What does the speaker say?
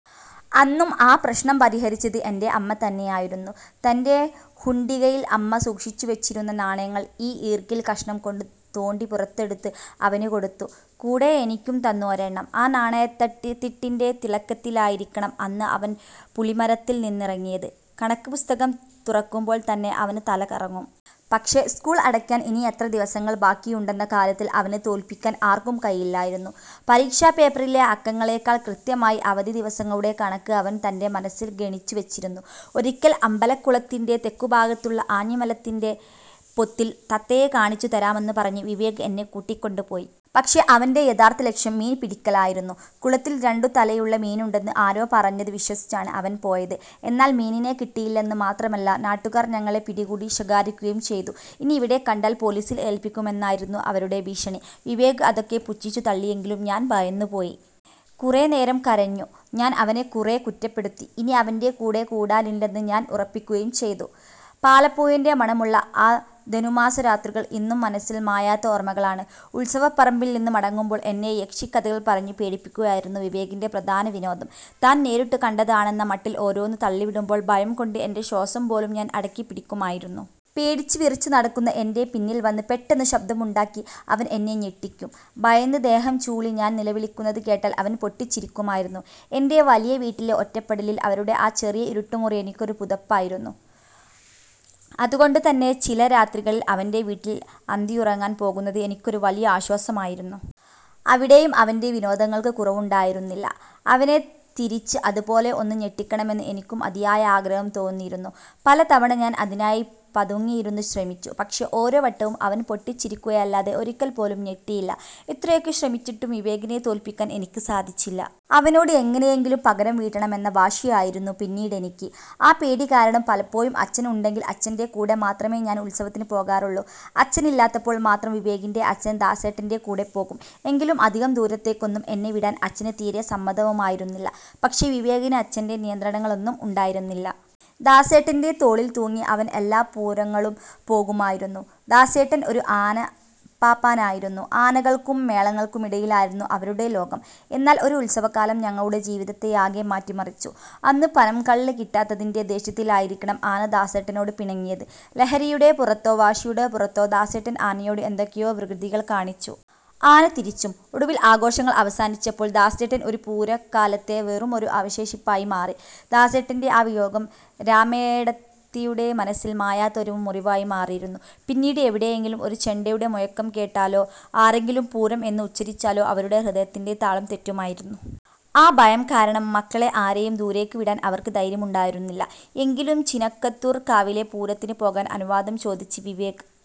അന്നും ആ പ്രശ്നം പരിഹരിച്ചത് എന്റെ അമ്മ തന്നെയായിരുന്നു. തന്റെ ഹുണ്ടികയിൽ അമ്മ സൂക്ഷിച്ചുവെച്ചിരുന്ന നാണയങ്ങൾ ഒരു ഈർക്കിൽ കഷ്ണം കൊണ്ട് തോണ്ടി പുറത്തെടുത്ത് അവന് കൊടുത്തു. കൂടെ എനിക്കും തന്നു ഒരെണ്ണം. ആ നാണയത്തുട്ടിന്റെ തിളക്കത്തിലായിരിക്കണം അന്ന് അവൻ പുളിമരത്തിൽ നിന്നിറങ്ങിയത്. കണക്കുപുസ്തകം തുറക്കുമ്പോൾ തന്നെ അവന് തല കറങ്ങും. പക്ഷേ, സ്കൂൾ അടയ്ക്കാൻ ഇനിയെത്ര ദിവസങ്ങൾ ബാക്കിയുണ്ടെന്ന കാര്യത്തിൽ അവനെ തോൽപ്പിക്കാൻ ആർക്കും കഴിയില്ലായിരുന്നു. പരീക്ഷാ പേപ്പറിലെ അക്കങ്ങളേക്കാൾ കൃത്യമായി അവധി ദിവസങ്ങളുടെ കണക്ക് അവൻ തന്റെ മനസ്സിൽ ഗണിച്ചു വെച്ചിരുന്നു. ഒരിക്കൽ, അമ്പലക്കുളത്തിന്റെ തെക്കുഭാഗത്തുള്ള ആഞ്ഞിലിമരത്തിന്റെ പൊത്തിൽ തത്തയെ കാണിച്ചുതരാമെന്ന് പറഞ്ഞ് വിവേക് എന്നെ കൂട്ടിക്കൊണ്ടുപോയി. പക്ഷേ അവന്റെ യഥാർത്ഥ ലക്ഷ്യം മീൻ പിടിക്കലായിരുന്നു. കുളത്തിൽ രണ്ടു തലയുള്ള മീനുണ്ടെന്ന് ആരോ പറഞ്ഞത് വിശ്വസിച്ചാണ് അവൻ പോയത്. എന്നാൽ മീനിനെ കിട്ടിയില്ലെന്ന് മാത്രമല്ല, നാട്ടുകാർ ഞങ്ങളെ പിടികൂടി ശകാരിക്കുകയും ചെയ്തു. ഇനി ഇവിടെ കണ്ടാൽ പോലീസിൽ ഏൽപ്പിക്കുമെന്നായിരുന്നു അവരുടെ ഭീഷണി. വിവേക് അതൊക്കെ പുച്ഛിച്ചു തള്ളിയെങ്കിലും ഞാൻ ഭയന്നുപോയി. കുറേനേരം കരഞ്ഞു. ഞാൻ അവനെ കുറെ കുറ്റപ്പെടുത്തി. ഇനി അവന്റെ കൂടെ കൂടാനില്ലെന്ന് ഞാൻ ഉറപ്പിക്കുകയും ചെയ്തു. പാലപ്പൂവിന്റെ മണമുള്ള ആ ധനുമാസ രാത്രികൾ ഇന്നും മനസ്സിൽ മായാത്ത ഓർമ്മകളാണ്. ഉത്സവപ്പറമ്പിൽ നിന്ന് മടങ്ങുമ്പോൾ എന്നെ യക്ഷിക്കഥകൾ പറഞ്ഞു പേടിപ്പിക്കുകയായിരുന്നു വിവേകിന്റെ പ്രധാന വിനോദം. താൻ നേരിട്ടു കണ്ടതാണെന്ന മട്ടിൽ ഓരോന്ന് തള്ളിവിടുമ്പോൾ, ഭയം കൊണ്ട് എന്റെ ശ്വാസം പോലും ഞാൻ അടക്കിപ്പിടിക്കുമായിരുന്നു. പേടിച്ച് വിറച്ചു നടക്കുന്ന എന്റെ പിന്നിൽ വന്ന് പെട്ടെന്ന് ശബ്ദമുണ്ടാക്കി അവൻ എന്നെ ഞെട്ടിക്കും. ഭയന്ന് ദേഹം ചൂളി ഞാൻ നിലവിളിക്കുന്നത് കേട്ടാൽ അവൻ പൊട്ടിച്ചിരിക്കുമായിരുന്നു. എന്റെ വലിയ വീട്ടിലെ ഒറ്റപ്പെടലിൽ, അവരുടെ ആ ചെറിയ ഇരുട്ടുമുറി എനിക്കൊരു പുതപ്പായിരുന്നു. അതുകൊണ്ടുതന്നെ ചില രാത്രികളിൽ അവന്റെ വീട്ടിൽ അന്തിയുറങ്ങാൻ പോകുന്നത് എനിക്കൊരു വലിയ ആശ്വാസമായിരുന്നു. അവിടെയും അവന്റെ വിനോദങ്ങൾക്ക് കുറവുണ്ടായിരുന്നില്ല. അവനെ തിരിച്ച് അതുപോലെ ഒന്ന് ഞെട്ടിക്കണമെന്ന് എനിക്കും അതിയായ ആഗ്രഹം തോന്നിയിരുന്നു. പല തവണ ഞാൻ അതിനായി പതുങ്ങിയിരുന്ന് ശ്രമിച്ചു. പക്ഷേ, ഓരോ വട്ടവും അവൻ പൊട്ടിച്ചിരിക്കുകയല്ലാതെ ഒരിക്കൽ പോലും ഞെട്ടിയില്ല. എത്രയൊക്കെ ശ്രമിച്ചിട്ടും വിവേകിനെ തോൽപ്പിക്കാൻ എനിക്ക് സാധിച്ചില്ല. അവനോട് എങ്ങനെയെങ്കിലും പകരം വീട്ടണമെന്ന വാശിയായിരുന്നു പിന്നീടെനിക്ക്. ആ പേടി കാരണം പലപ്പോഴും അച്ഛൻ ഉണ്ടെങ്കിൽ അച്ഛന്റെ കൂടെ മാത്രമേ ഞാൻ ഉത്സവത്തിന് പോകാറുള്ളൂ. അച്ഛനില്ലാത്തപ്പോൾ മാത്രം വിവേകിന്റെ അച്ഛൻ ദാസേട്ടന്റെ കൂടെപ്പോകും. എങ്കിലും അധികം ദൂരത്തേക്കൊന്നും എന്നെ വിടാൻ അച്ഛന് തീരെ സമ്മതവുമായിരുന്നില്ല. പക്ഷേ വിവേകിന് അച്ഛന്റെ നിയന്ത്രണങ്ങളൊന്നും ഉണ്ടായിരുന്നില്ല. ദാസേട്ടന്റെ തോളിൽ തൂങ്ങി അവൻ എല്ലാ പൂരങ്ങൾക്കും പോകുമായിരുന്നു. ദാസേട്ടൻ ഒരു ആനപ്പാപ്പാനായിരുന്നു. ആനകൾക്കും മേളങ്ങൾക്കുമിടയിലായിരുന്നു അവരുടെ ലോകം. എന്നാൽ ഒരു ഉത്സവക്കാലം ഞങ്ങളുടെ ജീവിതത്തെയാകെ മാറ്റിമറിച്ചു. അന്ന് പനം കള്ള് കിട്ടാത്തതിന്റെ ദേഷ്യത്തിലായിരിക്കണം ആന ദാസേട്ടനോട് പിണങ്ങിയത്. ലഹരിയുടെ പുറത്തോ വാശിയുടെ പുറത്തോ ദാസേട്ടൻ ആനയോട് എന്തൊക്കെയോ വികൃതികൾ കാണിച്ചു. ആന തിരിച്ചും. ഒടുവിൽ, ആഘോഷങ്ങൾ അവസാനിച്ചപ്പോൾ ദാസേട്ടൻ ഒരു പൂരക്കാലത്തെ വെറുമൊരു അവശേഷിപ്പായി മാറി. ദാസേട്ടന്റെ ആ വിയോഗം രമേടത്തിയുടെ മനസ്സിൽ മായാത്ത ഒരു മുറിവായി മാറിയിരുന്നു. പിന്നീട് എവിടെയെങ്കിലും ഒരു ചെണ്ടയുടെ മുഴക്കം കേട്ടാലോ, ആരെങ്കിലും 'പൂരം' എന്ന് ഉച്ചരിച്ചാലോ അവരുടെ ഹൃദയത്തിന്റെ താളം തെറ്റുമായിരുന്നു. ആ ഭയം കാരണം മക്കളെ ആരെയും ദൂരേക്ക് വിടാൻ അവർക്ക് ധൈര്യമുണ്ടായിരുന്നില്ല. എങ്കിലും ചിനക്കത്തൂർ കാവിലെ പൂരത്തിന് പോകാൻ അനുവാദം ചോദിച്ച് വിവേക്